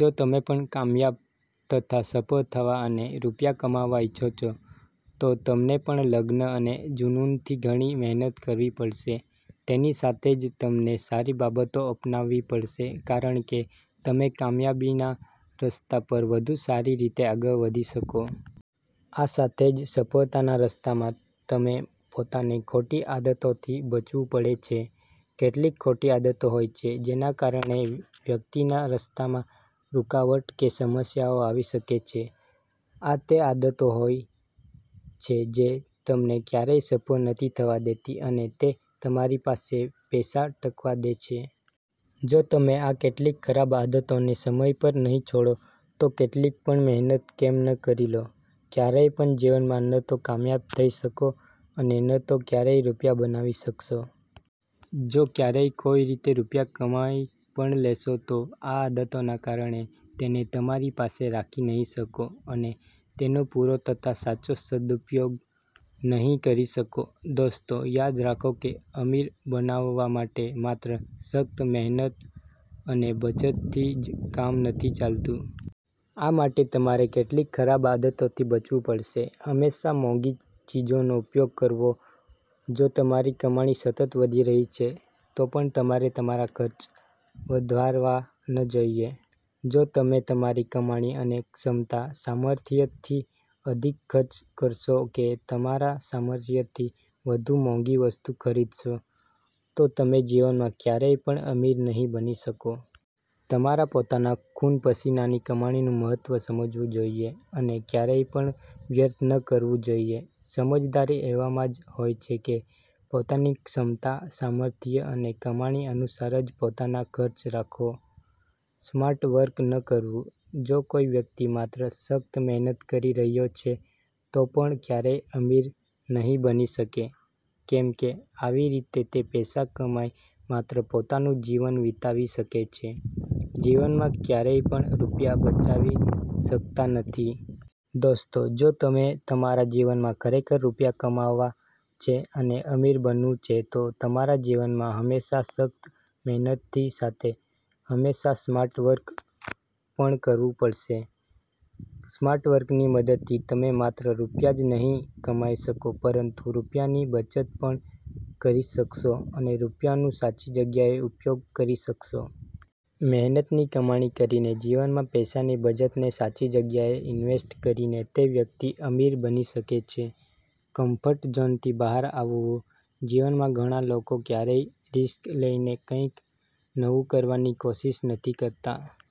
જો તમે પણ કામયાબ તથા સફળ થવા અને રૂપિયા કમાવવા ઇચ્છો છો તો તમને પણ લગન અને જુનુનથી ઘણી મહેનત કરવી પડશે. તેની સાથે જ તમને સારી બાબતો અપનાવી પડશે. કારણ કે તમે કામયાબીના રસ્તા પર વધુ સારી રીતે આગળ વધી શકો. આ સાથે જ સફળતાના રસ્તામાં તમે પોતાને ખોટી આદતોથી બચવું પડે છે. કેટલીક ખોટી આદતો હોય છે, જેના કારણે તે વ્યકિતના રસ્તામાં રૂકાવટ કે સમસ્યાઓ આવી શકે છે. આ તે આદતો હોય છે જે તમને કયારેક સફળ નથી થવા દેતી અને તે તમારી પાસે પૈસા ટકવા દે છે. જો તમે આ કેટલીક ખરાબ આદતોને સમય પર નહીં છોડો તો કેટલી પણ મહેનત કેમ ન કરી લો, કયારેય પણ જીવનમાં ન તો કામયાબ થઇ શકો અને ન તો કયારેય રૂપિયા બનાવી શકશો. જો કયારેય કોઇ રીત રૂપિયા કમાઇ પણ લેશો તો આ આદતોના કારણે તેને તમારી પાસે રાખી નહીં શકો અને તેનો પુરો તથા સાચો સદપયોગ નહીં કરી શકો. દોસ્તો યાદ રાખો કે અમીર બનાવવા માટે માત્ર સખ્ત મહેનત અને બચતથી જ કામ નથી ચાલતું. આ માટે તમારે કેટલીક ખરાબ આદતોથી બચવુ પડશે. હંમેશા મોંઘી ચીજોનો ઉપયોગ કરવો:જો તમારી કમાણી સતત વધી રહી છે તો પણ તમારે તમારા ખર્ચ વધારવા ન જોઇએ. જો તમે તમારી કમાણી અને ક્ષમતા-સામર્થ્યથી અધિક ખર્ચ કરશો કે તમારા સામર્થ્યથી વધુ મોંઘી વસ્તુ ખરીદશો તો તમે જીવનમાં કયારેય પણ અમીર નહીં બની શકો. તમારા પોતાના ખુન-પસીનાની કમાણીનું મહત્વ સમજવું જોઇએ અને કયારેય પણ વ્યર્થ ન કરવું જોઇએ. સમજદારી એવામાં જ હોય છે કે પોતાની ક્ષમતા-સામર્થ્ય અને કમાણી અનુસાર જ પોતાના ખર્ચ રાખો. સ્માર્ટ વર્ક ન કરવું: જો કોઇ વ્યકિત માત્ર સખ્ત મહેનત કરી રહયો છે તો પણ કયારેય અમીર નહીં બની શકે, કેમ કે આવી રીતે તે પૈસા કમાઇ માત્ર પોતાનું જીવન વીતાવી શકે છે, જીવનમાં કયારેય પણ રૂપિયા બચાવી શકતા નથી. દોસ્તો જો તમે તમારા જીવનમાં ખરેખર રૂપિયા કમાવા છે અને અમીર બનવું છે તો તમારા જીવનમાં હંમેશા સખ્ત મહેનતથી સાથે હંમેશા સ્માર્ટ વર્ક પણ કરવું પડશે. સ્માર્ટ વર્કની મદદથી તમે માત્ર રૂપિયા જ નહીં કમાઇ શકો, પરંતુ રૂપિયાની બચત પણ કરી શકશો અને રૂપિયાનું સાચી જગ્યાએ ઉપયોગ કરી શકશો. મહેનતની કમાણી કરીને જીવનમાં પૈસાની બચતને સાચી જગ્યાએ ઇન્વેસ્ટ કરીને તે વ્યકિત અમીર બની શકે છે. કંફર્ટ ઝોનથી બહાર આવવું: જીવનમાં ઘણા લોકો કયારેક રીસ્ક લઇને કંઇક નવું કરવાની કોશિષ નથી કરતા.